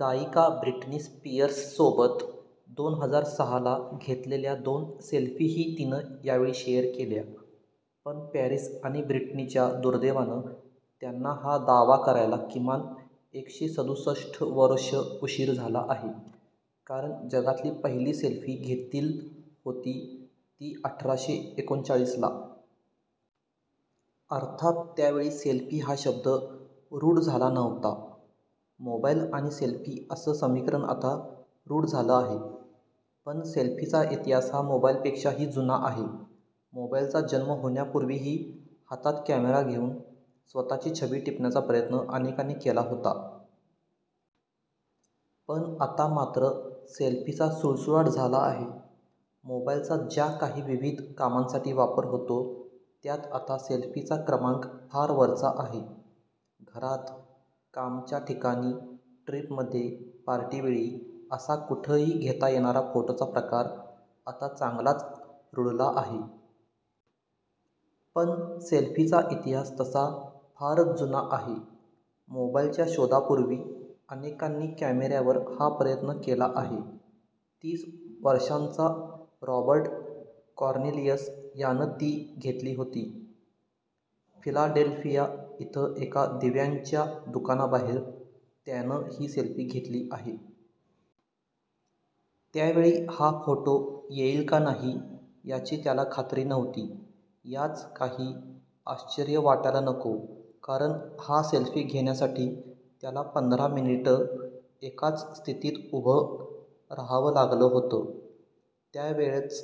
गायिका ब्रिटनी स्पीअर्ससोबत दोन हजार सहाला घेतलेल्या दोन सेल्फीही तिनं यावेळी शेअर केल्या. पण पॅरीस आणि ब्रिटनीच्या दुर्दैवानं त्यांना हा दावा करायला किमान एकशे सदुसष्ठ वर्षं उशीर झाला आहे. कारण जगातली पहिली सेल्फी घेतील होती ती अठराशे एकोणचाळीसला. अर्थात त्यावेळी सेल्फी हा शब्द रूढ झाला नव्हता. मोबाईल आणि सेल्फी असं समीकरण आता रूढ झालं आहे. पण सेल्फीचा इतिहास हा मोबाईलपेक्षा ही जुना आहे. मोबाईलचा जन्म होण्यापूर्वीही हातात कॅमेरा घेऊन स्वतःची छबी टिपण्याचा प्रयत्न अनेकांनी केला होता. पण आता मात्र सेल्फीचा सुळसुळाट झाला आहे. मोबाईलचा ज्या काही विविध कामांसाठी वापर होतो त्यात आता सेल्फीचा क्रमांक फार वरचा आहे. घरात, कामच्या ठिकाणी, ट्रिपमध्ये, पार्टीवेळी असा कुठही घेता येणारा फोटोचा प्रकार आता चांगलाच रुळला आहे. पण सेल्फीचा इतिहास तसा फारच जुना आहे. मोबाईलच्या शोधापूर्वी अनेकांनी कॅमेऱ्यावर हा प्रयत्न केला आहे. तीस वर्षांचा रॉबर्ट कॉर्नेलिअस यानं ती घेतली होती. फिलाडेल्फिया इथं एका दिव्यांच्या दुकानाबाहेर त्यानं ही सेल्फी घेतली आहे. त्यावेळी हा फोटो येईल का नाही, याची त्याला खात्री नव्हती. याच काही आश्चर्य वाटायला नको, कारण हा सेल्फी घेण्यासाठी त्याला पंधरा मिनिटं एकाच स्थितीत उभ रहावं लागलं होतं. त्यावेळच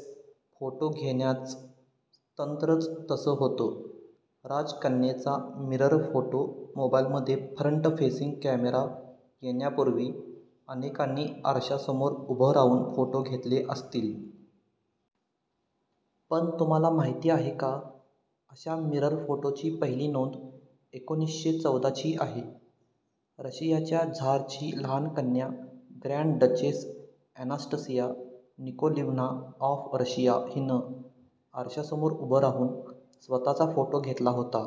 फोटो घेण्याच तंत्रच तसं होतं राजकन्येचा मिरर फोटो मोबाईलमध्ये फ्रंट फेसिंग कॅमेरा येण्यापूर्वी अनेकांनी आरशासमोर उभं राहून फोटो घेतले असतील. पण तुम्हाला माहिती आहे का अशा मिरर फोटोची पहिली नोंद एकोणीसशे चौदाची आहे. रशियाच्या झारची लहान कन्या grand duchess Anastasia Nikolaevna of Russia हिनं आरशासमोर उभं राहून स्वतःचा फोटो घेतला होता.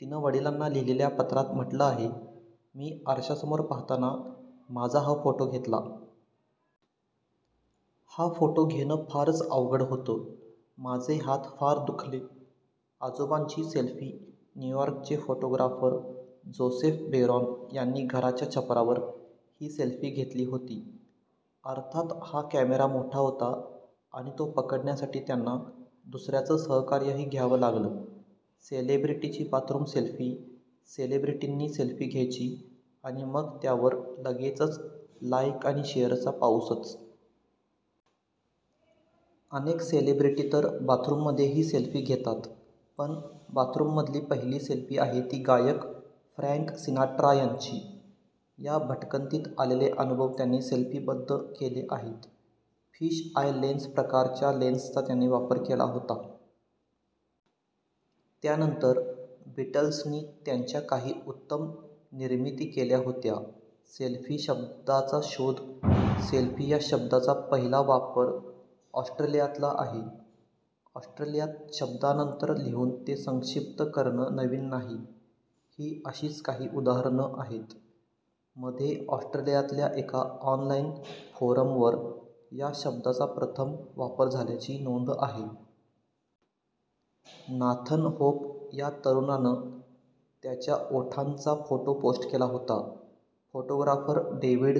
तिनं वडिलांना लिहिलेल्या पत्रात म्हटलं आहे, मी आरशासमोर पाहताना माझा हा फोटो घेतला. हा फोटो घेणं फारच अवघड होतं. माझे हात फार दुखले. आजोबांची सेल्फी न्यूयॉर्कचे फोटोग्राफर जोसेफ बेरॉन यांनी घराच्या छपरावर ही सेल्फी घेतली होती. अर्थात हा कॅमेरा मोठा होता आणि तो पकडण्यासाठी त्यांना दुसऱ्याचं सहकार्यही घ्यावं लागलं सेलेब्रिटीची बाथरूम सेल्फी सेलेब्रिटींनी सेल्फी घ्यायची आणि मग त्यावर लगेचच लाईक आणि शेअरचा पाऊसच. अनेक सेलेब्रिटी तर बाथरूममध्येही सेल्फी घेतात. पण बाथरूममधली पहिली सेल्फी आहे ती गायक फ्रॅंक सिनाट्रा यांची. या भटकंतीत आलेले अनुभव त्यांनी सेल्फीबद्ध केले आहेत. फिश आय लेन्स प्रकारच्या लेन्सचा त्यांनी वापर केला होता. त्यानंतर बिटल्सनी त्यांच्या काही उत्तम निर्मिती केल्या होत्या सेल्फी शब्दाचा शोध सेल्फी या शब्दाचा पहिला वापर ऑस्ट्रेलियातला आहे. ऑस्ट्रेलियात शब्दानंतर लिहून ते संक्षिप्त करणं नवीन नाही. ही अशीच काही उदाहरणं आहेत. मध्ये ऑस्ट्रेलियातल्या एका ऑनलाईन फोरमवर या शब्दाचा प्रथम वापर झाल्याची नोंद आहे. नाथन होप या तरुणानं त्याच्या ओठांचा फोटो पोस्ट केला होता. Photographer David